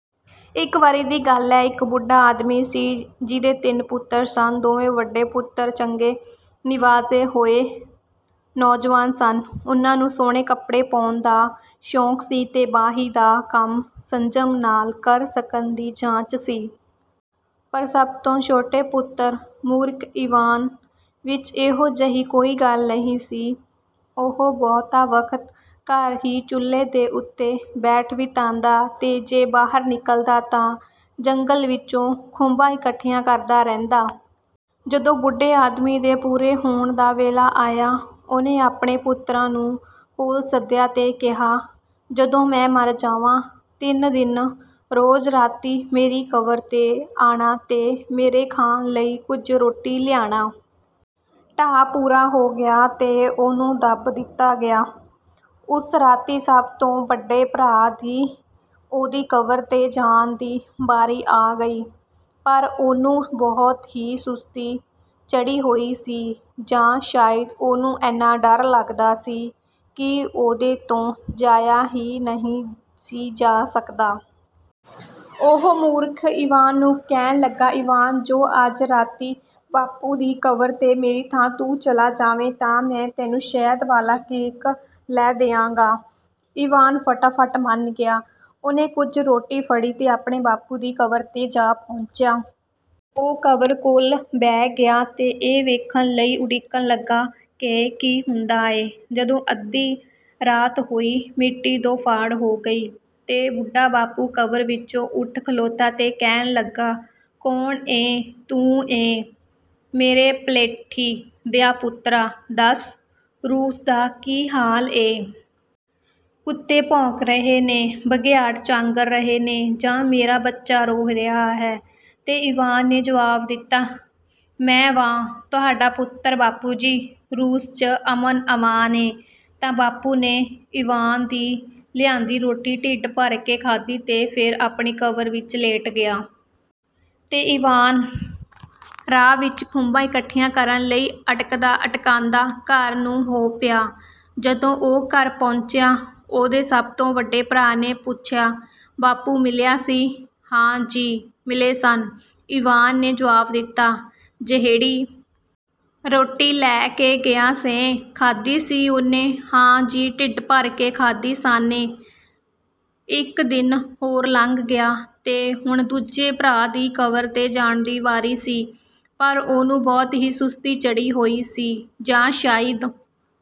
ਇੱਕ ਵਾਰੀ ਦੀ ਗੱਲ ਏ, ਇੱਕ ਬੁੱਢਾ ਆਦਮੀ ਹੁੰਦਾ ਸੀ, ਜਿਹਦੇ ਤਿੰਨ ਪੁੱਤਰ ਸਨ। ਦੋਵੇਂ ਵੱਡੇ ਪੁੱਤਰ ਚੰਗੇ-ਨਿਵਾਜੇ ਹੋਏ ਨੌਜਵਾਨ ਸਨ। ਉਹਨਾਂ ਨੂੰ ਸੁਹਣੇ ਕੱਪੜੇ ਪਾਉਣ ਦਾ ਸ਼ੌਕ ਸੀ ਤੇ ਵਾਹੀ ਦਾ ਕੰਮ ਸੰਜਮ ਨਾਲ ਕਰ ਸਕਣ ਦੀ ਜਾਚ ਸੀ। ਪਰ ਸਭ ਤੋਂ ਛੋਟੇ ਪੁੱਤਰ, ਮੂਰਖ ਈਵਾਨ, ਵਿੱਚ ਇਹੋ ਜਿਹੀ ਕੋਈ ਗੱਲ ਨਹੀਂ ਸੀ। ਉਹ ਬਹੁਤਾ ਵਕਤ ਘਰ ਹੀ ਚੁੱਲ੍ਹੇ ਦੇ ਉੱਤੇ ਬੈਠ ਬਿਤਾਂਦਾ ਤੇ ਜੇ ਬਾਹਰ ਨਿਕਲਦਾ ਤਾਂ ਜੰਗਲ ਵਿੱਚੋਂ ਖੁੰਬਾਂ ਇਕੱਠੀਆਂ ਕਰਦਾ ਰਹਿੰਦਾ। ਜਦੋਂ ਬੁੱਢੇ ਆਦਮੀ ਦੇ ਪੂਰੇ ਹੋਣ ਦਾ ਵੇਲਾ ਆਇਆ, ਉਹਨੇ ਆਪਣੇ ਪੁੱਤਰਾਂ ਨੂੰ ਕੋਲ ਸੱਦਿਆ ਤੇ ਕਿਹਾ, "ਜਦੋਂ ਮੈਂ ਮਰ ਜਾਵਾਂ, ਤਿੰਨ ਦਿਨ ਰੋਜ਼ ਰਾਤੀਂ ਮੇਰੀ ਕਬਰ 'ਤੇ ਆਣਾ ਤੇ ਮੇਰੇ ਖਾਣ ਲਈ ਕੁਝ ਰੋਟੀ ਲਿਆਣਾ।" ਢਾ ਪੂਰਾ ਹੋ ਗਿਆ ਤੇ ਉਹਨੂੰ ਦੱਬ ਦਿੱਤਾ ਗਿਆ। ਉਸ ਰਾਤੀਂ ਸਭ ਤੋਂ ਵੱਡੇ ਭਰਾ ਦੀ ਉਹਦੀ ਕਬਰ 'ਤੇ ਜਾਣ ਦੀ ਵਾਰੀ ਆ ਗਈ। ਪਰ ਉਹਨੂੰ ਬਹੁਤ ਹੀ ਸੁਸਤੀ ਚੜ੍ਹੀ ਹੋਈ ਸੀ, ਜਾਂ ਸ਼ਾਇਦ ਉਹਨੂੰ ਐਨਾ ਡਰ ਲੱਗਦਾ ਸੀ ਕਿ ਉਹਦੇ ਤੋਂ ਜਾਇਆ ਹੀ ਨਹੀਂ ਸੀ ਜਾ ਸਕਦਾ। ਉਹ ਮੂਰਖ ਈਵਾਨ ਨੂੰ ਕਹਿਣ ਲੱਗਾ, "ਈਵਾਨ, ਜੋ ਅੱਜ ਰਾਤੀਂ ਬਾਪੂ ਦੀ ਕਬਰ 'ਤੇ ਮੇਰੀ ਥਾਂ ਤੂੰ ਚਲਾ ਜਾਵੇਂ, ਤਾਂ ਮੈਂ ਤੈਨੂੰ ਸ਼ਹਿਦ ਵਾਲਾ ਕੇਕ ਲੈ ਦਿਆਂਗਾ।" ਈਵਾਨ ਫਟਾਫਟ ਮੰਨ ਗਿਆ। ਉਹਨੇ ਕੁਝ ਰੋਟੀ ਫੜੀ ਤੇ ਆਪਣੇ ਬਾਪੂ ਦੀ ਕਬਰ 'ਤੇ ਜਾ ਪਹੁੰਚਿਆ। ਉਹ ਕਬਰ ਕੋਲ ਬਹਿ ਗਿਆ ਤੇ ਇਹ ਵੇਖਣ ਲਈ ਉਡੀਕਣ ਲੱਗਾ ਕਿ ਕੀ ਹੁੰਦਾ ਏ? ਜਦੋਂ ਅੱਧੀ ਰਾਤ ਹੋਈ, ਮਿੱਟੀ ਦੋਫਾੜ ਹੋ ਗਈ ਤੇ ਬੁੱਢਾ ਬਾਪੂ ਕਬਰ ਵਿੱਚੋਂ ਉੱਠ ਖਲੋਤਾ ਤੇ ਕਹਿਣ ਲੱਗਾ, "ਕੌਣ ਏਂ ਤੂੰ ਏਂ, ਮੇਰੇ ਪਲੇਠੀ ਦਿਆ ਪੁੱਤਰਾ, ਦੱਸ, ਰੂਸ ਦਾ ਕੀ ਹਾਲ ਏ? ਕੁੱਤੇ ਭੌਂਕ ਰਹੇ ਨੇ, ਬਘਿਆੜ ਚਾਂਗਰ ਰਹੇ ਨੇ ਜਾਂ ਮੇਰਾ ਬੱਚਾ ਰੋ ਰਿਹਾ ਹੈ?" ਤੇ ਈਵਾਨ ਨੇ ਜਵਾਬ ਦਿੱਤਾ, "ਮੈਂ ਵਾਂ, ਤੁਹਾਡਾ ਪੁੱਤਰ, ਬਾਪੂ ਜੀ। ਰੂਸ 'ਚ ਅਮਨ-ਅਮਾਨ ਏ।" ਤਾਂ ਬਾਪੂ ਨੇ ਈਵਾਨ ਦੀ ਲਿਆਂਦੀ ਰੋਟੀ ਢਿੱਡ ਭਰ ਕੇ ਖਾਧੀ ਤੇ ਫੇਰ ਆਪਣੀ ਕਬਰ ਵਿੱਚ ਲੇਟ ਗਿਆ। ਤੇ ਈਵਾਨ, ਰਾਹ ਵਿੱਚ ਖੁੰਬਾਂ ਇਕੱਠੀਆਂ ਕਰਨ ਲਈ ਅਟਕਦਾ-ਅਟਕਾਂਦਾ, ਘਰ ਨੂੰ ਹੋ ਪਿਆ। ਜਦੋਂ ਉਹ ਘਰ ਪਹੁੰਚਿਆ, ਉਹਦੇ ਸਭ ਤੋਂ ਵੱਡੇ ਭਰਾ ਨੇ ਪੁੱਛਿਆ, "ਬਾਪੂ ਮਿਲਿਆ ਸੀ?" "ਹਾਂ ਜੀ, ਮਿਲੇ ਸਨ," ਈਵਾਨ ਨੇ ਜਵਾਬ ਦਿੱਤਾ।""ਜਿਹੜੀ ਰੋਟੀ ਲੈ ਗਿਆ ਸੈਂ, ਖਾਧੀ ਸੀ ਉਹਨੇ?" "ਹਾਂ ਜੀ ਢਿੱਡ ਭਰ ਕੇ ਖਾਧੀ ਸਾਨੇਂ।" ਇੱਕ ਦਿਨ ਹੋਰ ਲੰਘ ਗਿਆ, ਤੇ ਹੁਣ ਦੂਜੇ ਭਰਾ ਦੀ ਕਬਰ 'ਤੇ ਜਾਣ ਦੀ ਵਾਰੀ ਸੀ। ਪਰ ਉਹਨੂੰ ਬਹੁਤ ਹੀ ਸੁਸਤੀ ਚੜ੍ਹੀ ਹੋਈ ਸੀ, ਜਾਂ ਸ਼ਾਇਦ…